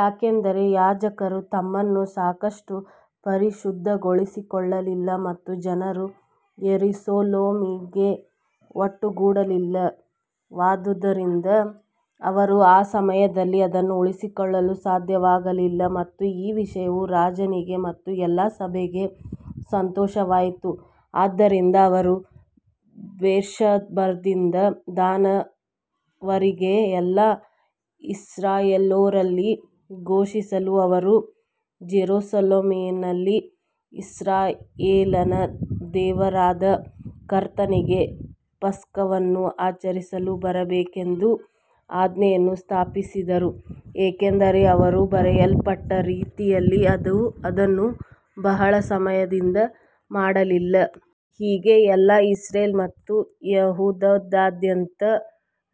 ಯಾಕಂದರೆ ಯಾಜಕರು ತಮ್ಮನ್ನು ಸಾಕಷ್ಟು ಪರಿಶುದ್ಧಗೊಳಿಸಿಕೊಳ್ಳಲಿಲ್ಲ ಮತ್ತು ಜನರು ಯೆರೂಸಲೇಮಿಗೆ ಒಟ್ಟುಗೂಡಲಿಲ್ಲವಾದ್ದರಿಂದ ಅವರು ಆ ಸಮಯದಲ್ಲಿ ಅದನ್ನು ಉಳಿಸಿಕೊಳ್ಳಲು ಸಾಧ್ಯವಾಗಲಿಲ್ಲ. ಮತ್ತು ಈ ವಿಷಯವು ರಾಜನಿಗೆ ಮತ್ತು ಎಲ್ಲಾ ಸಭೆಗೆ ಸಂತೋಷವಾಯಿತು ಆದ್ದರಿಂದ ಅವರು ಬೇರ್ಷೆಬದಿಂದ ದಾನ್ ವರೆಗೆ ಎಲ್ಲಾ ಇಸ್ರಾಯೇಲ್ಯರಲ್ಲಿ ಘೋಷಿಸಲು ಅವರು ಜೆರುಸಲೇಮಿನಲ್ಲಿ ಇಸ್ರಾಯೇಲಿನ ದೇವರಾದ ಕರ್ತನಿಗೆ ಪಸ್ಕವನ್ನು ಆಚರಿಸಲು ಬರಬೇಕೆಂದು ಆಜ್ಞೆಯನ್ನು ಸ್ಥಾಪಿಸಿದರು, ಏಕೆಂದರೆ ಅವರು ಬರೆಯಲ್ಪಟ್ಟ ರೀತಿಯಲ್ಲಿ ಅದನ್ನು ಬಹಳ ಸಮಯದಿಂದ ಮಾಡಲಿಲ್ಲ. ಹೀಗೆ ಎಲ್ಲಾ ಇಸ್ರೇಲ್ ಮತ್ತು ಯೆಹೂದದಾದ್ಯಂತ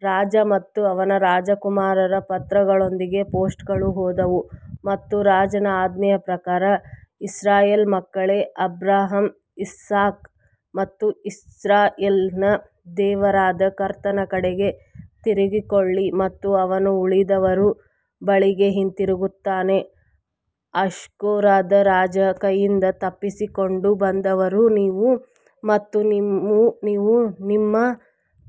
ರಾಜ ಮತ್ತು ಅವನ ರಾಜಕುಮಾರರ ಪತ್ರಗಳೊಂದಿಗೆ ಪೋಸ್ಟ್ಗಳು ಹೋದವು ಮತ್ತು ರಾಜನ ಆಜ್ಞೆಯ ಪ್ರಕಾರ ಇಸ್ರಾಯೇಲ್ ಮಕ್ಕಳೇ ಅಬ್ರಹಾಂ ಐಸಾಕ್ ಮತ್ತು ಇಸ್ರಾಯೇಲ್ನ ದೇವರಾದ ಕರ್ತನ ಕಡೆಗೆ ತಿರುಗಿಕೊಳ್ಳಿ ಮತ್ತು ಅವನು ಉಳಿದವರ ಬಳಿಗೆ ಹಿಂತಿರುಗುತ್ತಾನೆ. ಅಶ್ಶೂರದ ರಾಜರ ಕೈಯಿಂದ ತಪ್ಪಿಸಿಕೊಂಡು ಬಂದವರು ನೀವು ಮತ್ತು ನೀವು ನಿಮ್ಮ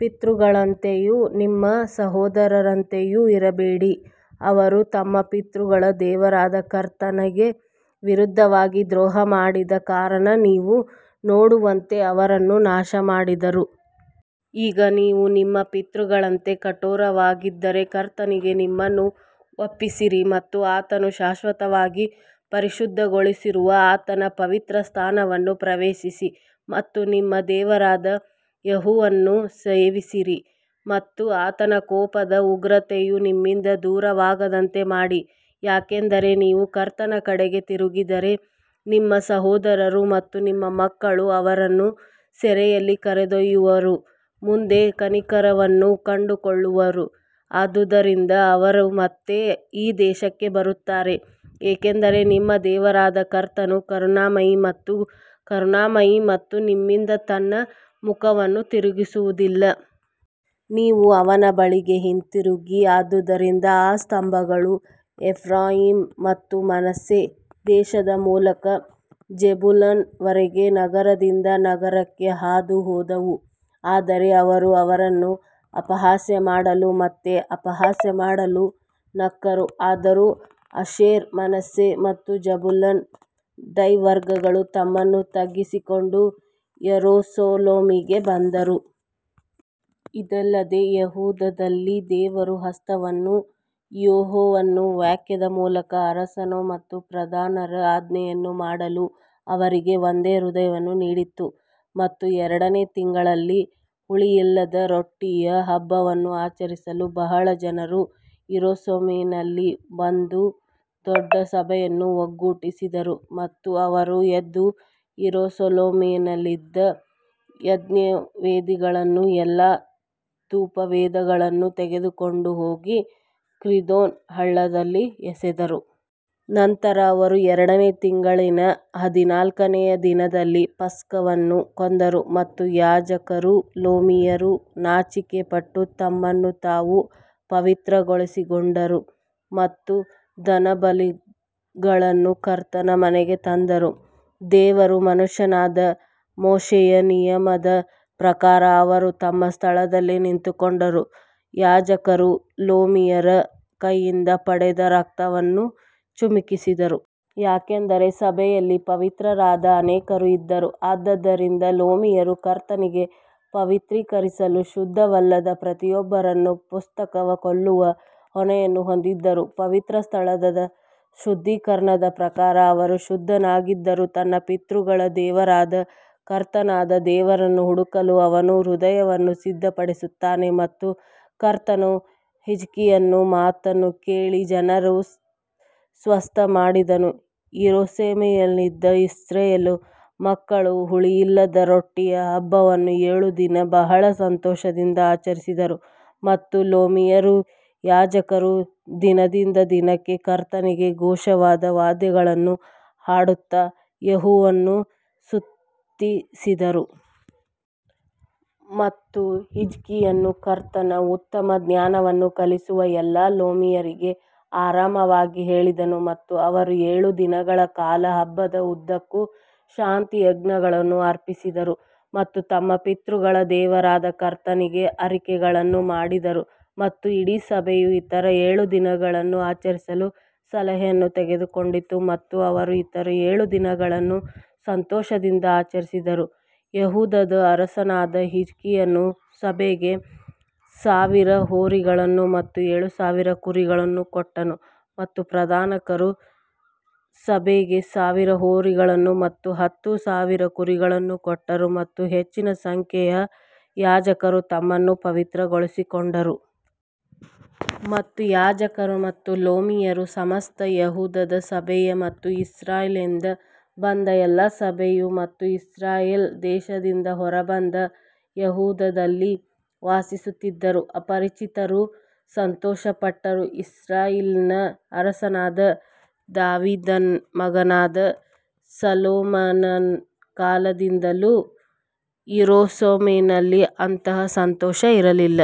ಪಿತೃಗಳಂತೆಯೂ ನಿಮ್ಮ ಸಹೋದರರಂತೆಯೂ ಇರಬೇಡಿರಿ, ಅವರು ತಮ್ಮ ಪಿತೃಗಳ ದೇವರಾದ ಕರ್ತನಿಗೆ ವಿರುದ್ಧವಾಗಿ ದ್ರೋಹ ಮಾಡಿದ ಕಾರಣ ನೀವು ನೋಡುವಂತೆ ಅವರನ್ನು ನಾಶಮಾಡಿದರು. ಈಗ ನೀವು ನಿಮ್ಮ ಪಿತೃಗಳಂತೆ ಕಠೋರವಾಗಿರದೆ ಕರ್ತನಿಗೆ ನಿಮ್ಮನ್ನು ಒಪ್ಪಿಸಿರಿ ಮತ್ತು ಆತನು ಶಾಶ್ವತವಾಗಿ ಪರಿಶುದ್ಧಗೊಳಿಸಿರುವ ಆತನ ಪವಿತ್ರಸ್ಥಾನವನ್ನು ಪ್ರವೇಶಿಸಿ ಮತ್ತು ನಿಮ್ಮ ದೇವರಾದ ಯೆಹೋವನನ್ನು ಸೇವಿಸಿರಿ ಮತ್ತು ಆತನ ಕೋಪದ ಉಗ್ರತೆಯು ನಿಮ್ಮಿಂದ ದೂರವಾಗುವಂತೆ ಮಾಡಿ. ಯಾಕಂದರೆ ನೀವು ಕರ್ತನ ಕಡೆಗೆ ತಿರುಗಿದರೆ ನಿಮ್ಮ ಸಹೋದರರು ಮತ್ತು ನಿಮ್ಮ ಮಕ್ಕಳು ಅವರನ್ನು ಸೆರೆಯಲ್ಲಿ ಕರೆದೊಯ್ಯುವವರ ಮುಂದೆ ಕನಿಕರವನ್ನು ಕಂಡುಕೊಳ್ಳುವರು, ಆದ್ದರಿಂದ ಅವರು ಮತ್ತೆ ಈ ದೇಶಕ್ಕೆ ಬರುತ್ತಾರೆ, ಏಕೆಂದರೆ ನಿಮ್ಮ ದೇವರಾದ ಕರ್ತನು ಕರುಣಾಮಯಿ ಮತ್ತು ಕರುಣಾಮಯಿ ಮತ್ತು ನಿಮ್ಮಿಂದ ತನ್ನ ಮುಖವನ್ನು ತಿರುಗಿಸುವುದಿಲ್ಲ. ನೀವು ಅವನ ಬಳಿಗೆ ಹಿಂತಿರುಗಿ ಆದ್ದರಿಂದ ಆ ಸ್ತಂಭಗಳು ಎಫ್ರಾಯೀಮ್ ಮತ್ತು ಮನಸ್ಸೆ ದೇಶದ ಮೂಲಕ ಜೆಬುಲೂನ್ ವರೆಗೆ ನಗರದಿಂದ ನಗರಕ್ಕೆ ಹಾದುಹೋದವು ಆದರೆ ಅವರು ಅವರನ್ನು ಅಪಹಾಸ್ಯ ಮಾಡಲು ಮತ್ತು ಅಪಹಾಸ್ಯ ಮಾಡಲು ನಕ್ಕರು. ಆದರೂ ಆಶೇರ್, ಮನಸ್ಸೆ ಮತ್ತು ಜೆಬುಲೂನ್ನ ಡೈವರ್ಗಳು ತಮ್ಮನ್ನು ತಗ್ಗಿಸಿಕೊಂಡು ಯೆರೂಸಲೇಮಿಗೆ ಬಂದರು. ಇದಲ್ಲದೆ ಯೆಹೂದದಲ್ಲಿ ದೇವರ ಹಸ್ತವು ಯೆಹೋವನ ವಾಕ್ಯದ ಮೂಲಕ ಅರಸನ ಮತ್ತು ಪ್ರಧಾನರ ಆಜ್ಞೆಯನ್ನು ಮಾಡಲು ಅವರಿಗೆ ಒಂದೇ ಹೃದಯವನ್ನು ನೀಡಿತು. ಮತ್ತು ಎರಡನೆಯ ತಿಂಗಳಿನಲ್ಲಿ ಹುಳಿಯಿಲ್ಲದ ರೊಟ್ಟಿಯ ಹಬ್ಬವನ್ನು ಆಚರಿಸಲು ಬಹಳ ಜನರು ಯೆರೂಸಲೇಮಿನಲ್ಲಿ ಒಂದು ದೊಡ್ಡ ಸಭೆಯನ್ನು ಒಟ್ಟುಗೂಡಿಸಿದರು. ಮತ್ತು ಅವರು ಎದ್ದು ಯೆರೂಸಲೇಮಿನಲ್ಲಿದ್ದ ಯಜ್ಞವೇದಿಗಳನ್ನೂ ಎಲ್ಲಾ ಧೂಪವೇದಿಗಳನ್ನೂ ತೆಗೆದುಕೊಂಡು ಹೋಗಿ ಕಿದ್ರೋನ್ ಹಳ್ಳದಲ್ಲಿ ಎಸೆದರು. ನಂತರ ಅವರು ಎರಡನೇ ತಿಂಗಳಿನ ಹದಿನಾಲ್ಕನೆಯ ದಿನದಲ್ಲಿ ಪಸ್ಕವನ್ನು ಕೊಂದರು ಮತ್ತು ಯಾಜಕರೂ ಲೇವಿಯರೂ ನಾಚಿಕೆಪಟ್ಟು ತಮ್ಮನ್ನು ತಾವು ಪವಿತ್ರಗೊಳಿಸಿಕೊಂಡರು ಮತ್ತು ದಹನಬಲಿಗಳನ್ನು ಕರ್ತನ ಮನೆಗೆ ತಂದರು. ದೇವರ ಮನುಷ್ಯನಾದ ಮೋಶೆಯ ನಿಯಮದ ಪ್ರಕಾರ ಅವರು ತಮ್ಮ ಸ್ಥಳದಲ್ಲಿ ನಿಂತುಕೊಂಡರು, ಯಾಜಕರು ಲೇವಿಯರ ಕೈಯಿಂದ ಪಡೆದ ರಕ್ತವನ್ನು ಚಿಮುಕಿಸಿದರು. ಯಾಕಂದರೆ ಸಭೆಯಲ್ಲಿ ಪವಿತ್ರರಾಗದ ಅನೇಕರು ಇದ್ದರು, ಆದ್ದರಿಂದ ಲೇವಿಯರು ಕರ್ತನಿಗೆ ಪವಿತ್ರೀಕರಿಸಲು ಶುದ್ಧವಲ್ಲದ ಪ್ರತಿಯೊಬ್ಬರನ್ನೂ ಪಸ್ಕವನ್ನು ಕೊಲ್ಲುವ ಹೊಣೆಯನ್ನು ಹೊಂದಿದ್ದರು. ಪವಿತ್ರಸ್ಥಳದ ಶುದ್ಧೀಕರಣದ ಪ್ರಕಾರ ಅವನು ಶುದ್ಧನಾಗದಿದ್ದರೂ ತನ್ನ ಪಿತೃಗಳ ದೇವರಾದ ಕರ್ತನಾದ ದೇವರನ್ನು ಹುಡುಕಲು ಅವನ ಹೃದಯವನ್ನು ಸಿದ್ಧಪಡಿಸುತ್ತಾನೆ. ಮತ್ತು ಕರ್ತನು ಹಿಜ್ಕೀಯನ ಮಾತನ್ನು ಕೇಳಿ ಜನರನ್ನು ಸ್ವಸ್ಥಮಾಡಿದನು ಯೆರೂಸಲೇಮಿನಲ್ಲಿದ್ದ ಇಸ್ರಾಯೇಲ್ ಮಕ್ಕಳು ಹುಳಿಯಿಲ್ಲದ ರೊಟ್ಟಿಯ ಹಬ್ಬವನ್ನು ಏಳು ದಿನ ಬಹಳ ಸಂತೋಷದಿಂದ ಆಚರಿಸಿದರು ಮತ್ತು ಲೇವಿಯರೂ ಯಾಜಕರೂ ದಿನದಿಂದ ದಿನಕ್ಕೆ ಕರ್ತನಿಗೆ ಘೋಷವಾದ ವಾದ್ಯಗಳನ್ನು ಹಾಡುತ್ತಾ ಯೆಹೋವನನ್ನು ಸ್ತುತಿಸಿದರು. ಮತ್ತು ಹಿಜ್ಕೀಯನು ಕರ್ತನ ಉತ್ತಮ ಜ್ಞಾನವನ್ನು ಕಲಿಸುವ ಎಲ್ಲಾ ಲೇವಿಯರಿಗೆ ಆರಾಮವಾಗಿ ಹೇಳಿದನು ಮತ್ತು ಅವರು ಏಳು ದಿನಗಳ ಕಾಲ ಹಬ್ಬದ ಉದ್ದಕ್ಕೂ ಶಾಂತಿಯಜ್ಞಗಳನ್ನು ಅರ್ಪಿಸಿದರು ಮತ್ತು ತಮ್ಮ ಪಿತೃಗಳ ದೇವರಾದ ಕರ್ತನಿಗೆ ಅರಿಕೆಗಳನ್ನು ಮಾಡಿದರು. ಮತ್ತು ಇಡೀ ಸಭೆಯು ಇತರ ಏಳು ದಿನಗಳನ್ನು ಆಚರಿಸಲು ಸಲಹೆಯನ್ನು ತೆಗೆದುಕೊಂಡಿತು ಮತ್ತು ಅವರು ಇತರ ಏಳು ದಿನಗಳನ್ನು ಸಂತೋಷದಿಂದ ಆಚರಿಸಿದರು ಯೆಹೂದದ ಅರಸನಾದ ಹಿಜ್ಕೀಯನು ಸಭೆಗೆ ಸಾವಿರ ಹೋರಿಗಳನ್ನು ಮತ್ತು ಏಳು ಸಾವಿರ ಕುರಿಗಳನ್ನು ಕೊಟ್ಟನು ಮತ್ತು ಪ್ರಧಾನರು ಸಭೆಗೆ ಸಾವಿರ ಹೋರಿಗಳನ್ನು ಮತ್ತು ಹತ್ತು ಸಾವಿರ ಕುರಿಗಳನ್ನು ಕೊಟ್ಟರು ಮತ್ತು ಹೆಚ್ಚಿನ ಸಂಖ್ಯೆಯ ಯಾಜಕರು ತಮ್ಮನ್ನು ಪವಿತ್ರಗೊಳಿಸಿಕೊಂಡರು. ಮತ್ತು ಯಾಜಕರು ಮತ್ತು ಲೇವಿಯರ ಸಮಸ್ತ ಯೆಹೂದದ ಸಭೆಯು ಮತ್ತು ಇಸ್ರಾಯೇಲ್ನಿಂದ ಬಂದ ಎಲ್ಲಾ ಸಭೆಯು ಮತ್ತು ಇಸ್ರಾಯೇಲ್ ದೇಶದಿಂದ ಹೊರಬಂದು ಯೆಹೂದದಲ್ಲಿ ವಾಸಿಸುತ್ತಿದ್ದ ಅಪರಿಚಿತರು ಸಂತೋಷಪಟ್ಟರು. ಇಸ್ರಾಯೇಲಿನ ಅರಸನಾದ ದಾವೀದನ ಮಗನಾದ ಸೊಲೊಮೋನನ ಕಾಲದಿಂದಲೂ ಯೆರೂಸಲೇಮಿನಲ್ಲಿ ಅಂತಹ ಸಂತೋಷ ಇರಲಿಲ್ಲ.